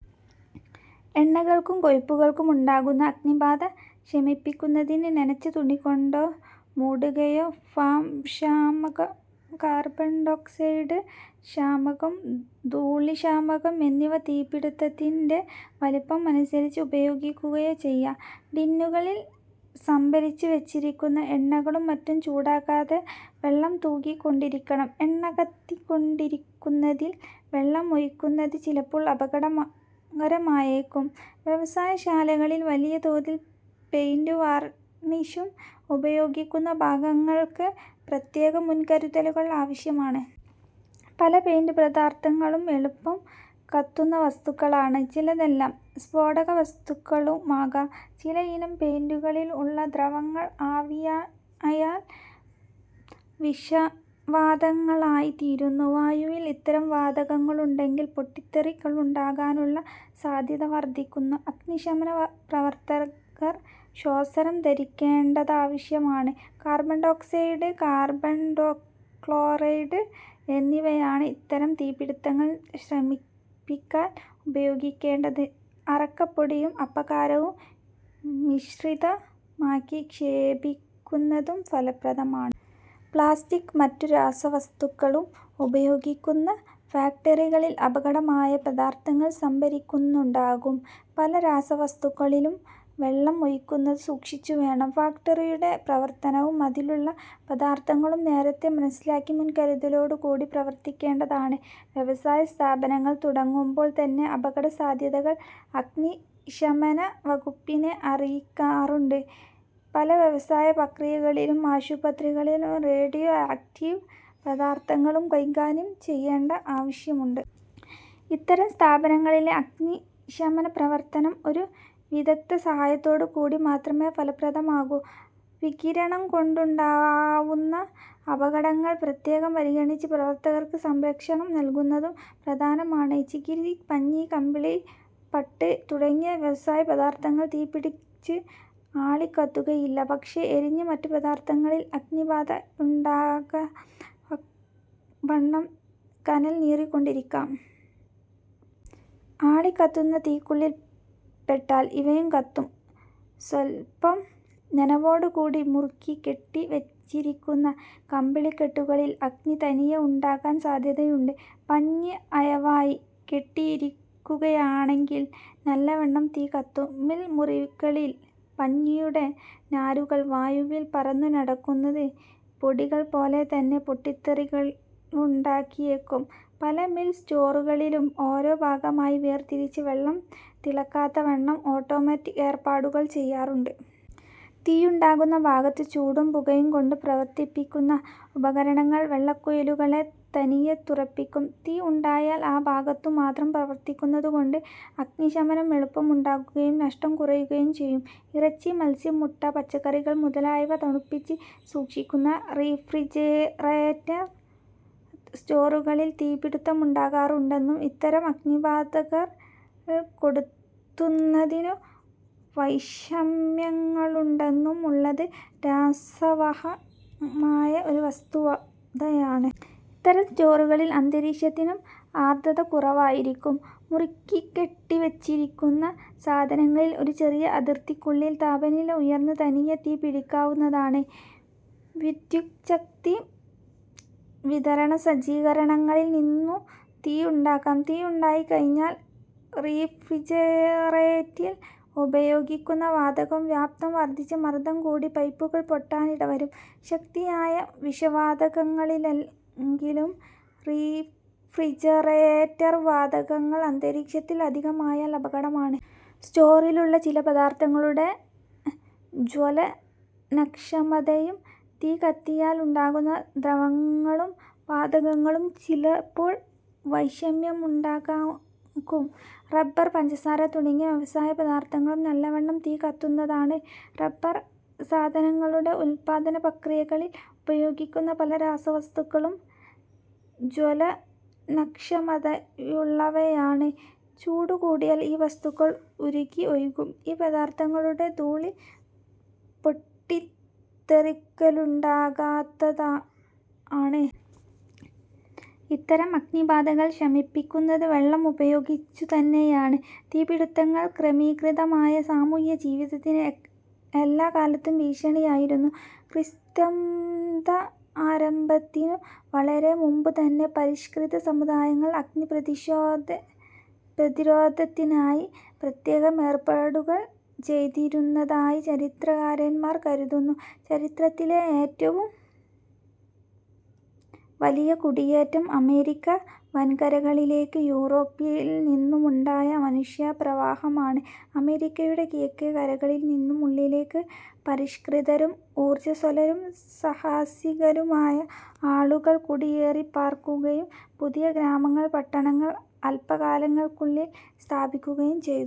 എണ്ണകൾക്കും കൊഴുപ്പുകൾക്കും ഉണ്ടാകുന്ന അഗ്നിബാധ ശമിപ്പിക്കുന്നതിന് നനച്ച തുണികൊണ്ടു മൂടുകയോ, ഫോംശാമകം, കാർബൺഡൈഓക്സൈഡ് ശാമകം, ധൂളിശാമകം, എന്നിവ തീപിടിത്തത്തിന്റെ വലിപ്പം അനുസരിച്ച് ഉപയോഗിക്കുകയോ ചെയ്യാം. ടിന്നുകളിൽ സംഭരിച്ചുവച്ചിരിക്കുന്ന എണ്ണകളും മറ്റും ചൂടാകാതെ വെള്ളം തൂകിക്കൊണ്ടിരിക്കണം. എണ്ണകത്തിക്കൊണ്ടിരിക്കുന്നതിൽ വെള്ളം ഒഴിക്കുന്നത് ചിലപ്പോൾ അപകടകരമായേക്കും. വ്യവസായശാലകളിൽ വലിയ തോതിൽ പെയിന്റും, വാർണിഷും ഉപയോഗിക്കുന്ന ഭാഗങ്ങൾക്ക് പ്രത്യേകം മുൻകരുതലുകൾ ആവശ്യമാണ്. പല പെയിന്റുപദാർഥങ്ങളും എളുപ്പം കത്തുന്ന വസ്തുക്കളാണ്. ചിലതെല്ലാം സ്ഫോടകവസ്തുക്കളുമാകാം. ചിലയിനം പെയിന്റുകളിൽ ഉള്ള ദ്രവങ്ങൾ ആവിയായാൽ വിഷവാതകങ്ങളായിത്തീരുന്നു. വായുവിൽ ഇത്തരം വാതകങ്ങളുണ്ടെങ്കിൽ പൊട്ടിത്തെറികളുണ്ടാകാനുള്ള സാധ്യത വർധിക്കുന്നു. അഗ്നിശമന പ്രവർത്തകർ ശ്വാസകം ധരിക്കേണ്ടതാവശ്യമാണ്. കാർബൺഡൈഓക്സൈഡ്, കാർബൺടെട്രാക്ലോറൈഡ് എന്നിവയാണ് ഇത്തരം തീപിടിത്തങ്ങൾ ശമിപ്പിക്കാൻ ഉപയോഗിക്കേണ്ടത്. അറക്കപൊടിയും, അപ്പക്കാരവും മിശ്രിതമാക്കി ക്ഷേപിക്കുന്നതും ഫലപ്രദമാണ്. പ്ലാസ്റ്റിക്കും മറ്റു രാസവസ്തുക്കളും ഉത്പാദിപ്പിക്കുന്ന ഫാക്ടറികളിൽ അപകടകരമായ പദാർഥങ്ങൾ സംഭരിക്കുന്നുണ്ടാകും. പല രാസവസ്തുക്കളിലും വെള്ളം ഒഴിക്കുന്നത് സൂക്ഷിച്ചുവേണം. ഫാക്ടറിയുടെ പ്രവർത്തനവും, അതിലുള്ള പദാർഥങ്ങളും നേരത്തെ മനസ്സിലാക്കി മുൻകരുതലോടുകൂടി പ്രവർത്തിക്കേണ്ടതാണ്. വ്യവസായസ്ഥാപനങ്ങൾ തുടങ്ങുമ്പോൾതന്നെ, അപകടസാധ്യതകൾ അഗ്നിശമനവകുപ്പിനെ അറിയിക്കാറുണ്ട്. പല വ്യവസായപ്രക്രിയകളിലും, ആശുപത്രികളിലും റേഡിയോ ആക്റ്റീവ് പദാർഥങ്ങൾ കൈകാര്യം ചെയ്യേണ്ട ആവശ്യമുണ്ട്. ഇത്തരം സ്ഥാപനങ്ങളിലെ അഗ്നിശമനപ്രവർത്തനം ഒരു വിദഗ്ദ്ധന്റെ സഹായത്തോടുകൂടി മാത്രമേ ഫലപ്രദമാകൂ. വികിരണം കൊണ്ടുണ്ടാകാവുന്ന അപകടങ്ങൾ പ്രത്യേകം പരിഗണിച്ച് പ്രവർത്തകർക്ക് സംരക്ഷണം നല്കുന്നതും പ്രധാനമാണ്. ചകിരി, പഞ്ഞി, കമ്പിളി, പട്ട് തുടങ്ങിയ വ്യവസായ പദാർഥങ്ങൾ തീപിടിച്ച് ആളിക്കത്തുകയില്ല, പക്ഷേ എരിഞ്ഞ് മറ്റു പദാർഥങ്ങളിൽ അഗ്നിബാധയുണ്ടാകത്തക്കവണ്ണം കനൽ നീറിക്കൊണ്ടിരിക്കാം. ആളിക്കത്തുന്ന തീക്കുള്ളിൽ പെട്ടാൽ ഇവയും കത്തും. സ്വല്പം നനവോടുകൂടി മുറുക്കി കെട്ടിവച്ചിരിക്കുന്ന കമ്പിളിക്കെട്ടുകളിൽ അഗ്നി തനിയെ ഉണ്ടാകാൻ സാധ്യതയുണ്ട്. പഞ്ഞി അയവായി കെട്ടിയിരിക്കുകയാണെങ്കിൽ നല്ലവണ്ണം തീ കത്തും. മിൽ മുറികളിൽ പഞ്ഞിയുടെ നാരുകൾ വായുവിൽ പറന്നുനടക്കുന്നത് പൊടികൾപോലെതന്നെ പൊട്ടിത്തെറിക്കലുണ്ടാക്കിയേക്കും. പല മിൽ സ്റ്റോറുകളിലും ഓരോ ഭാഗമായി വേർതിരിച്ച് വെള്ളം തളിക്കത്തക്കവണ്ണം ഓട്ടോമാറ്റിക് ഏർപ്പാടുകൾ ചെയ്യാറുണ്ട്. തീയുണ്ടാകുന്ന ഭാഗത്ത് ചൂടും പുകയുംകൊണ്ട് പ്രവർത്തിപ്പിക്കുന്ന ഉപകരണങ്ങൾ വെള്ളക്കുഴലുകളെ തനിയെ തുറപ്പിക്കും. തീ ഉണ്ടായാൽ ആ ഭാഗത്തു മാത്രം പ്രവർത്തിക്കുന്നതുകൊണ്ട് അഗ്നിശമനം എളുപ്പം ഉണ്ടാകുകയും നഷ്ടം കുറയുകയും ചെയ്യും. ഇറച്ചി, മത്സ്യം, മുട്ട, പച്ചക്കറികൾ മുതലായവ തണുപ്പിച്ചു സൂക്ഷിക്കുന്ന റഫ്രിജറേറ്റർ സ്റ്റോറുകളിലും തീപിടിത്തമുണ്ടാകാറുണ്ടെന്നും ഇത്തരം അഗ്നിബാധകൾ കെടുത്തുന്നതിനു വൈഷമ്യങ്ങളുണ്ടെന്നും ഉള്ളത് രസാവഹമായ ഒരു വസ്തുതയാണ്. ഇത്തരം സ്റ്റോറുകളിൽ അന്തരീക്ഷത്തിന് ആർദ്രത കുറവായിരിക്കും. മുറുക്കിക്കെട്ടിവച്ചിരിക്കുന്ന സാധനങ്ങളിൽ ഒരു ചെറിയ അതിർത്തിക്കുള്ളിൽ താപനില ഉയർന്ന് തനിയെ തീ പിടിക്കാവുന്നതാണ്. വിദ്യുച്ഛക്തി വിതരണസജ്ജീകരണങ്ങളിൽ നിന്നും തീയുണ്ടാകാം. തീയുണ്ടായിക്കഴിഞ്ഞാൽ റഫ്രിജറേറ്ററിൽ ഉപയോഗിക്കുന്ന വാതകങ്ങൾ വ്യാപ്തം വർധിച്ച് മർദംകൂടി പൈപ്പുകൾ പൊട്ടാനിടവരും. ശക്തിയായ വിഷവാതകങ്ങളല്ലെങ്കിലും റഫ്രിജറേറ്റർവാതകങ്ങൾ അന്തരീക്ഷത്തിൽ അധികമായാൽ അപകടമാണ്. സ്റ്റോറിലുള്ള ചില പദാർഥങ്ങളുടെ ജ്വലനക്ഷമതയും തീ കത്തിയാൽ ഉണ്ടാകുന്ന ദ്രവങ്ങളും വാതകങ്ങളും ചിലപ്പോൾ വൈഷമ്യങ്ങളുണ്ടാക്കും. റബർ, പഞ്ചസാര തുടങ്ങിയ വ്യവസായപദാർഥങ്ങളും നല്ലവണ്ണം തീ കത്തുന്നതാണ്. റബർസാധനങ്ങളുടെ ഉത്പാദനപ്രക്രിയകളിൽ ഉപയോഗിക്കുന്ന പല രാസവസ്തുക്കളും ജ്വലനക്ഷമതയുള്ളവയാണ്. ചൂടുകൂടിയാൽ ഈ വസ്തുക്കൾ ഉരുകി ഒഴുകും. ഈ പദാർഥങ്ങളുടെ ധൂളി പൊട്ടിത്തെറിക്കലുണ്ടാകത്തക്കതാണ്. ഇത്തരം അഗ്നിബാധകൾ ശമിപ്പിക്കുന്നത് വെള്ളം ഉപയോഗിച്ചുതന്നെയാണ്. തീപിടിത്തങ്ങൾ ക്രമീകൃതമായ സാമൂഹ്യജീവിതത്തിന് എല്ലാക്കാലത്തും ഭീഷണിയായിരുന്നു. ക്രിസ്ത്വബ്ദാരംഭത്തിനു വളരെ മുമ്പുതന്നെ പരിഷ്കൃത സമുദായങ്ങൾ അഗ്നിപ്രതിരോധത്തിനായി പ്രത്യേകം ഏർപ്പാടുകൾ ചെയ്തിരുന്നതായി ചരിത്രകാരൻമാർ കരുതുന്നു. ചരിത്രത്തിലെ ഏറ്റവും വലിയ കുടിയേറ്റം അമേരിക്ക വൻകരകളിലേക്ക് യൂറോപ്പിൽനിന്നുമുണ്ടായ മനുഷ്യപ്രവാഹമാണ്. അമേരിക്കയുടെ കിഴക്കേ കരകളിൽനിന്നും ഉള്ളിലേക്ക് പരിഷ്കൃതരും, ഊർജസ്വലരും, സാഹസികരുമായ ആളുകൾ കുടിയേറിപ്പാർക്കുകയും പുതിയ ഗ്രാമങ്ങളും പട്ടണങ്ങളും അല്പകാലങ്ങൾക്കുള്ളിൽ സ്ഥാപിക്കുകയും ചെയ്തു.